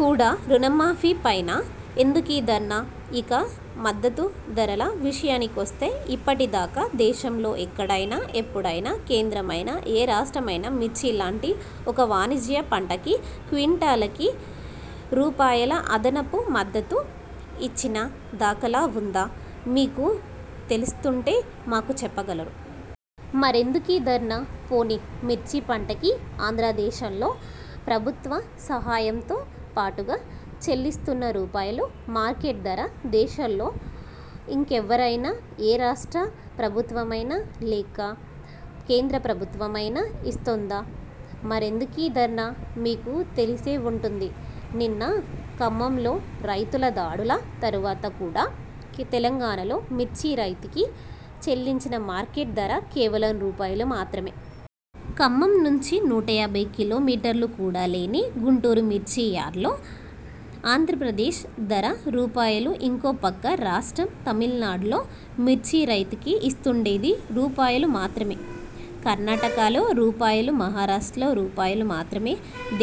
కూడా, రుణమాఫీ పైన, ఎందుకీ ధర్నా? ఇక మద్దతు ధరల విషయానికొస్తే, ఇప్పటి దాకా, దేశంలో ఎక్కడైనా, ఎప్పుడైనా, కేంద్రమైనా, ఏ రాష్ట్రమైనా, మిర్చి లాంటి ఒక వాణిజ్య పంటకి, క్వింటాలుకి, రూపాయల అదనపు మద్దతు ఇచ్చిన దాఖలా వుందా? మీకు తెలుస్తుంటే, మాకు చెప్పగలరు. మరెందుకీ ధర్నా? పోనీ మిర్చి పంటకి ఆంద్రదేశంలో ప్రభుత్వ సహాయంతో పాటుగా చెల్లిస్తున్న రూపాయలు మార్కెట్ ధర, దేశంలో ఇంకెవ్వరైనా, ఏ రాష్ట్ర ప్రభుత్వమైనా, లేక కేంద్ర ప్రభుత్వమైనా ఇస్తోందా? మరెందుకీ ధర్నా? మీకు తెలిసే వుంటుంది, నిన్న ఖమ్మంలో రైతుల దాడుల తర్వాత కూడా, తెలంగాణలో మిర్చి రైతుకి చెల్లించిన మార్కెట్ ధర, కేవలం రూపాయలు మాత్రమే! ఖమ్మం నుంచి నూట యాభై కిలో మీటర్లు కూడా లేని గుంటూరు మిర్చి యార్డులో ఆంద్రప్రదేశ్ ధర రూపాయలు. ఇంకో పక్క రాష్ట్రం తమిళనాడులో మిర్చి రైతుకి ఇస్తుండేది రూపాయలు మాత్రమే. కర్ణాటకలో రూపాయలు, మహారాష్ట్రలో రూపాయలు మాత్రమే.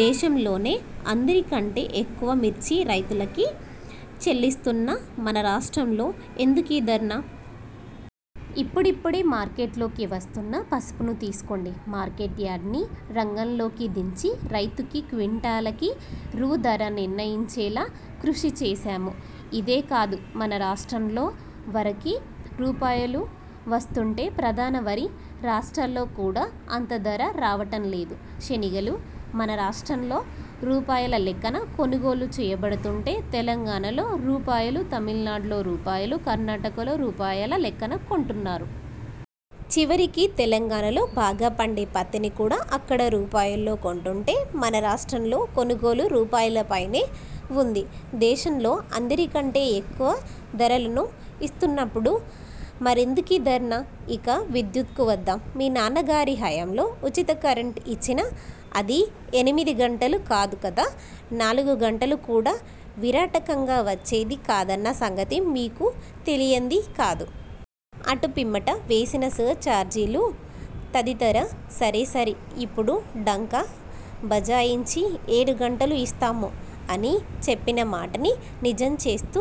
దేశంలోనే అందరి కంటే ఎక్కువ మిర్చి రైతులకి చెల్లిస్తున్న మన రాష్ట్రంలో ఎందుకీ ఈ ధర్నా? ఇప్పుడిప్పుడే మార్కెట్లోకి వస్తున్న పసుపును తీసుకోండి. మార్కెట్ యార్డ్ని రంగంలోకి దించి, రైతుకి క్వింటాలుకి రూ. ధర నిర్ణయించేలా కృషి చేసాము. ఇదే కాదు, మన రాష్ట్రంలో వరికి రూపాయలు వస్తుంటే ప్రధాన వరి రాష్ట్రాల్లో కూడా అంత ధర రావటం లేదు. శెనగలు, మన రాష్ట్రంలో రూపాయల లెక్కన కొనుగోలు చేయబడుతుంటే, తెలంగాణలో రూపాయలు, తమిళనాడులో రూపాయలు, కర్ణాటకలో రూపాయల- లెక్కన కొంటున్నారు. చివరికి తెలంగాణలో బాగా పండే పత్తిని కూడా, అక్కడ రూపాయలలో కొంటుంటే, మన రాష్ట్రంలో కొనుగోలు, రూపాయల పైనే వుంది. దేశంలో అందరి కంటే, ఎక్కువ ధరలను ఇస్తున్నప్పుడు, మరెందుకీ ధర్నా? ఇక విద్యుత్కు వద్దాం. మీ నాన్నగారి హయాంలో ఉచిత కరెంటు ఇచ్చినా, అది ఎనిమిది గంటలు కాదు కదా, నాలుగు గంటలు కూడా, నిరాటంకంగా వచ్చేది కాదన్న సంగతి మీకు తెలియంది కాదు. అటు పిమ్మట, వేసిన సర్ చార్జీలు, తదితర సరేసరి. ఇప్పుడు డంకా భజాయించి, ఏడు గంటలు ఇస్తాము అని చెప్పిన మాటని నిజం చేస్తూ,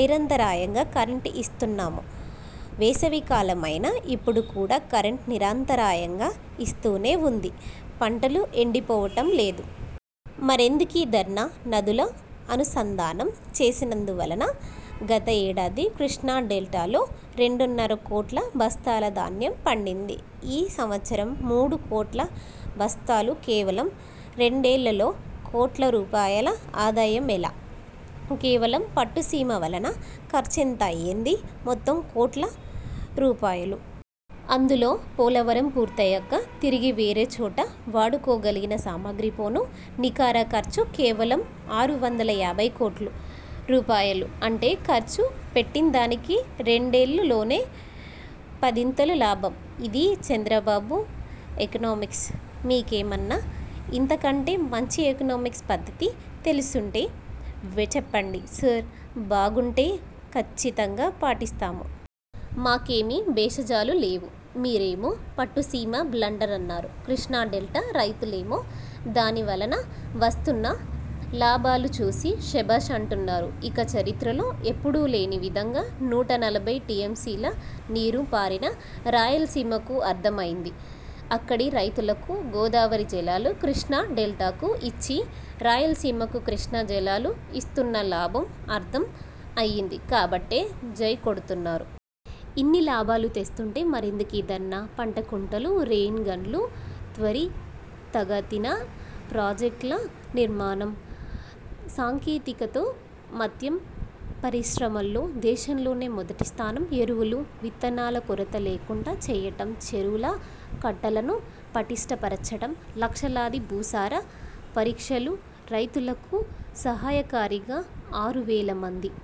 నిరంతరాయంగా కరెంటు ఇస్తున్నాము. వేసవి కాలం అయినా ఇప్పుడు కూడా కరెంటు నిరంతరాయంగా ఇస్తూనే వుంది. పంటలు ఎండిపోవటం లేదు. మరెందుకీ ధర్నా? నదుల అనుసంధానం చేసినందువలన గత ఏడాది కృష్ణా డెల్టాలో రెండున్నర కోట్ల బస్తాల ధాన్యం పండింది. ఈ సంవత్సరం మూడు కోట్ల బస్తాలు. కేవలం రెండేళ్లలో కోట్ల రూపాయల ఆదాయం. ఎలా? కేవలం పట్టు సీమ వలన ఖర్చెంతయ్యింది? మొత్తం కోట్ల రూపాయలు. అందులో పోలవరం పూర్తయ్యాక తిరిగి వేరే చోట వాడుకోగలిగిన సామాగ్రి పోను నికర ఖర్చు కేవలం ఆరు వందల యాభై కోట్ల రూపాయలు. అంటే ఖర్చు పెట్టిందానికి రెండేళ్ల లోనే పదింతలు లాభం. ఇది చంద్రబాబు ఎకనామిక్స్! మీకేమన్నా ఇంతకంటే మంచి ఎకనమిక్స్ పద్ధతి తెలిసుంటే చెప్పండి సర్, బాగుంటే, ఖచ్చితంగా పాటిస్తాము. మాకేమీ భేషజాలు లేవు. మీరేమో పట్టుసీమ బ్లండర్ అన్నారు. కృష్ణా డెల్టా రైతులేమో, దాని వలన వస్తున్న లాభాలు చూసి శబాష్ అంటున్నారు. ఇక చరిత్రలో ఎప్పుడూ లేని విధంగా నూట నలభై టీఎంసీల నీరు పారిన రాయలసీమకు అర్థమైంది. అక్కడి రైతులకు గోదావరి జలాలు కృష్ణా డెల్టాకు ఇచ్చి, రాయలసీమకు కృష్ణా జలాలు ఇస్తున్న లాభం అర్థం అయింది కాబట్టే, జై కొడుతున్నారు. ఇన్ని లాభాలు తెస్తుంటే, మరెందుకీ ధర్నా? పంట కుంటలు, రెయిన్ గన్లు, త్వరితగతిన ప్రాజెక్టుల నిర్మాణం, సాంకేతికతతో, మత్స్య పరిశ్రమలో దేశంలోనే మొదటి స్థానం, ఎరువులు, విత్తనాల కొరత లేకుండా చేయటం, చెరువుల కట్టలను, పటిష్ట పరచటం, లక్షలాది భూసార పరీక్షలు, రైతులకు సహాయకారిగా, ఆరు వేలమంది